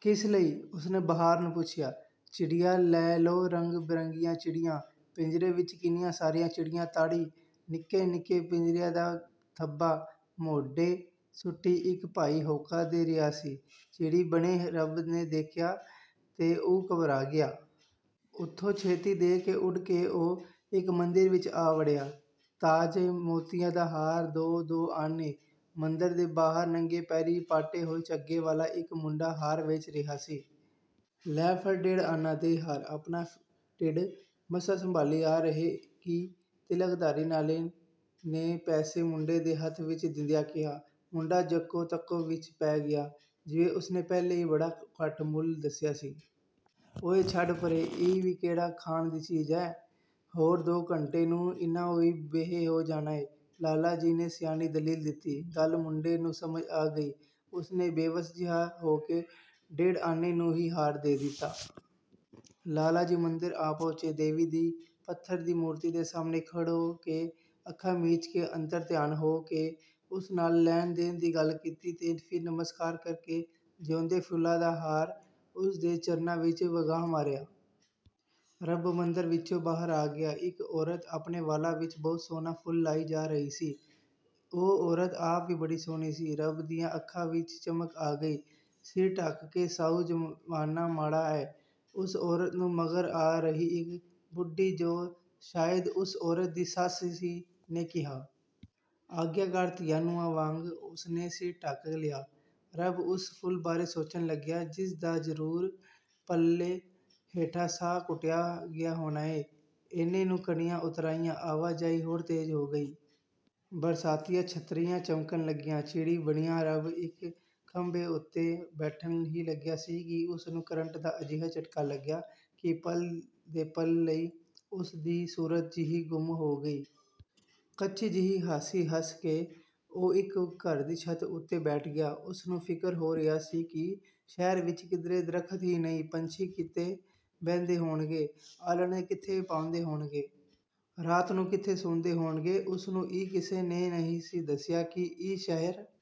ਕਿਸ ਲਈ? '' ਉਸ ਨੇ ਬਹਾਰ ਨੂੰ ਪੁੱਛਿਆ। ''ਚਿੜੀਆਂ ਲੈ ਲੋ ਰੰਗ ਬਰੰਗੀਆਂ ਚਿੜੀਆਂ''! ਪਿੰਜਰੇ ਵਿੱਚ ਕਿੰਨੀਆਂ ਸਾਰੀਆਂ ਚਿੜੀਆਂ ਤਾੜੀ, ਨਿੱਕੇ-ਨਿੱਕੇ ਪਿੰਜਰਿਆਂ ਦਾ ਥੱਬਾ ਮੋਢੇ ਸੁੱਟੀ ਇੱਕ ਭਾਈ ਹੋਕਾ ਦੇ ਰਿਹਾ ਸੀ। ਚਿੜੀ ਬਣੇ ਰੱਬ ਨੇ ਦੇਖਿਆ ਤੇ ਉਹ ਘਬਰਾ ਗਿਆ। ਉਥੋਂ ਛੇਤੀ ਦੇ ਕੇ ਉਡ ਕੇ ਉਹ ਇੱਕ ਮੰਦਰ ਵਿੱਚ ਆ ਵੜਿਆ। ''ਤਾਜ਼ੇ ਮੋਤੀਏ ਦਾ ਹਾਰ ਦੋ ਦੋ ਆਨੇ"। ਮੰਦਰ ਦੇ ਬਾਹਰ ਨੰਗੇ ਪੈਰੀਂ ਪਾਟੇ ਹੋਏ ਝੱਗੇ ਵਾਲਾ ਇੱਕ ਮੁੰਡਾ ਹਾਰ ਵੇਚ ਰਿਹਾ ਸੀ। ''ਲੈ ਫੜ ਡੇਢ ਆਨਾ ਦੇ ਹਾਰ'' ਆਪਣਾ ਢਿੜ ਮਸਾਂ ਸੰਭਾਲੀਂ ਆ ਰਹੇ ਕਿ ਤਿਲਕਧਾਰੀ ਲਾਲੇ ਨੇ ਪੈਸੇ ਮੁੰਡੇ ਦੇ ਹੱਥ ਵਿੱਚ ਦਿੰਦਿਆਂ ਕਿਹਾ। ਮੁੰਡਾ-ਜੱਕੋ ਤੱਕੋ ਵਿੱਚ ਪੈ ਗਿਆ। ਜਿਵੇਂ ਉਸ ਨੇ ਪਹਿਲੇ ਹੀ ਬੜਾ ਘੱਟ ਮੁੱਲ ਦੱਸਿਆ ਸੀ। ''ਓਏ ਛੱਡ ਪਰੇ ਇਹ ਵੀ ਕਿਹੜਾ ਖਾਣ ਦੀ ਚੀਜ਼ ਐ। ਹੋਰ ਦੋ ਘੰਟੇ ਨੂੰ ਇਨ੍ਹਾਂ ਊਈਂ ਬੇਹੇ ਹੋ ਜਾਣਾ ਐ,'ਲਾਲਾ ਜੀ ਨੇ ਸਿਆਣੀ ਦਲੀਲ ਦਿੱਤੀ। ਗੱਲ ਮੁੰਡੇ ਨੂੰ ਸਮਝ ਆ ਗਈ। ਉਸ ਨੇ ਬੇਵੱਸ ਜਿਹਾ ਹੋ ਕੇ ਡੇਢ ਆਨੇ ਨੂੰ ਹੀ ਹਾਰ ਦੇ ਦਿੱਤਾ। ਲਾਲਾ ਜੀ ਮੰਦਰ ਵਿੱਚ ਆ ਪਹੁੰਚੇ। ਦੇਵੀ ਦੀ ਪੱਥਰ ਦੀ ਮੂਰਤੀ ਦੇ ਸਾਹਮਣੇ ਖੜੋ ਕੇ, ਅੱਖਾਂ ਮੀਚ ਕੇ, ਅੰਤਰ ਧਿਆਨ ਹੋ ਕੇ ਉਸ ਨਾਲ ਲੈਣ-ਦੇਣ ਦੀ ਗੱਲ ਕੀਤੀ ਤੇ ਫਿਰ ਨਮਸਕਾਰ ਕਰਕੇ ਜਿਊਂਦੇ ਫੁੱਲਾਂ ਦਾ ਹਾਰ ਉਸ ਦੇ ਚਰਨਾਂ ਵਿੱਚ ਵਗਾਹ ਮਾਰਿਆ। ਰੱਬ ਮੰਦਰ ਵਿਚੋਂ ਬਾਹਰ ਆ ਗਿਆ। ਇੱਕ ਔਰਤ ਆਪਣੇ ਵਾਲਾਂ ਵਿੱਚ ਬਹੁਤ ਸੋਹਣਾ ਫੁੱਲ ਲਾਈ ਜਾ ਰਹੀ ਸੀ। ਉਹ ਔਰਤ ਆਪ ਵੀ ਬੜੀ ਸੋਹਣੀ ਸੀ। ਰੱਬ ਦੀਆਂ ਅੱਖਾਂ ਵਿੱਚ ਚਮਕ ਆ ਗਈ। ''ਸਿਰ ਢੱਕ ਕੇ ਸਾਊ ਜ਼ਮਾਨਾ ਮਾੜਾ ਐ'' ਉਸ ਔਰਤ ਨੂੰ ਮਗਰ ਆ ਰਹੀ ਇੱਕ ਬੁਢੀ ਜੋ ਸ਼ਾਇਦ ਉਸ ਔਰਤ ਦੀ ਸੱਸ ਸੀ, ਨੇ ਕਿਹਾ। ਆਗਿਆਕਾਰ ਧੀਆਂ-ਨੂੰਹਾਂ ਵਾਂਗ ਉਸ ਨੇ ਸਿਰ ਢੱਕ ਲਿਆ। ਰੱਬ ਉਸ ਫੁੱਲ ਬਾਰੇ ਸੋਚਣ ਲੱਗਿਆ ਜਿਸ ਦਾ ਜ਼ਰੂਰ ਪੱਲੇ ਹੇਠਾਂ ਸਾਹ ਘੁਟਿਆ ਗਿਆ ਹੋਣਾ ਏਂ। ਏਨੇ ਨੂੰ ਕਣੀਆਂ ਉਤਰ ਆਈਆਂ। ਆਵਾਜਾਈ ਹੋਰ ਤੇਜ਼ ਹੋ ਗਈ। ਬਰਸਾਤੀਆਂ, ਛਤਰੀਆਂ ਚਮਕਣ ਲੱਗੀਆਂ। ਚਿੜੀ ਬਣਿਆ ਰੱਬ ਇੱਕ ਖੰਭੇ ਉਤੇ ਬੈਠਣ ਹੀ ਲੱਗਿਆ ਸੀ ਕਿ ਉਸ ਨੂੰ ਕਰੰਟ ਦਾ ਅਜਿਹਾ ਝਟਕਾ ਲੱਗਿਆ ਕਿ ਪਲ ਦੇ ਪਲ ਲਈ ਉਸ ਦੀ ਸੁਰਤ ਜਿਹੀ ਗੁੰਮ ਹੋ ਗਈ। ਕੱਚੀ ਜਿਹੀ ਹਾਸੀ ਹੱਸ ਕੇ ਉਹ ਇੱਕ ਘਰ ਦੀ ਛੱਤ ਉਤੇ ਬੈਠ ਗਿਆ। ਉਸ ਨੂੰ ਫਿਕਰ ਹੋ ਰਿਹਾ ਸੀ ਕਿ ਸ਼ਹਿਰ ਵਿੱਚ ਕਿਧਰੇ ਦਰੱਖਤ ਹੀ ਨਹੀਂ ਪੰਛੀ ਕਿੱਥੇ ਬਹਿੰਦੇ ਹੋਣਗੇ? ਆਲ੍ਹਣੇ ਕਿੱਥੇ ਪਾਉਂਦੇ ਹੋਣਗੇ? ਰਾਤ ਨੂੰ ਕਿੱਥੇ ਸੌਂਦੇ ਹੋਣਗੇ? ਉਸ ਨੂੰ ਇਹ ਕਿਸੇ ਨੇ ਨਹੀਂ ਸੀ ਦੱਸਿਆ ਕਿ ਇਸ ਸ਼ਹਿਰ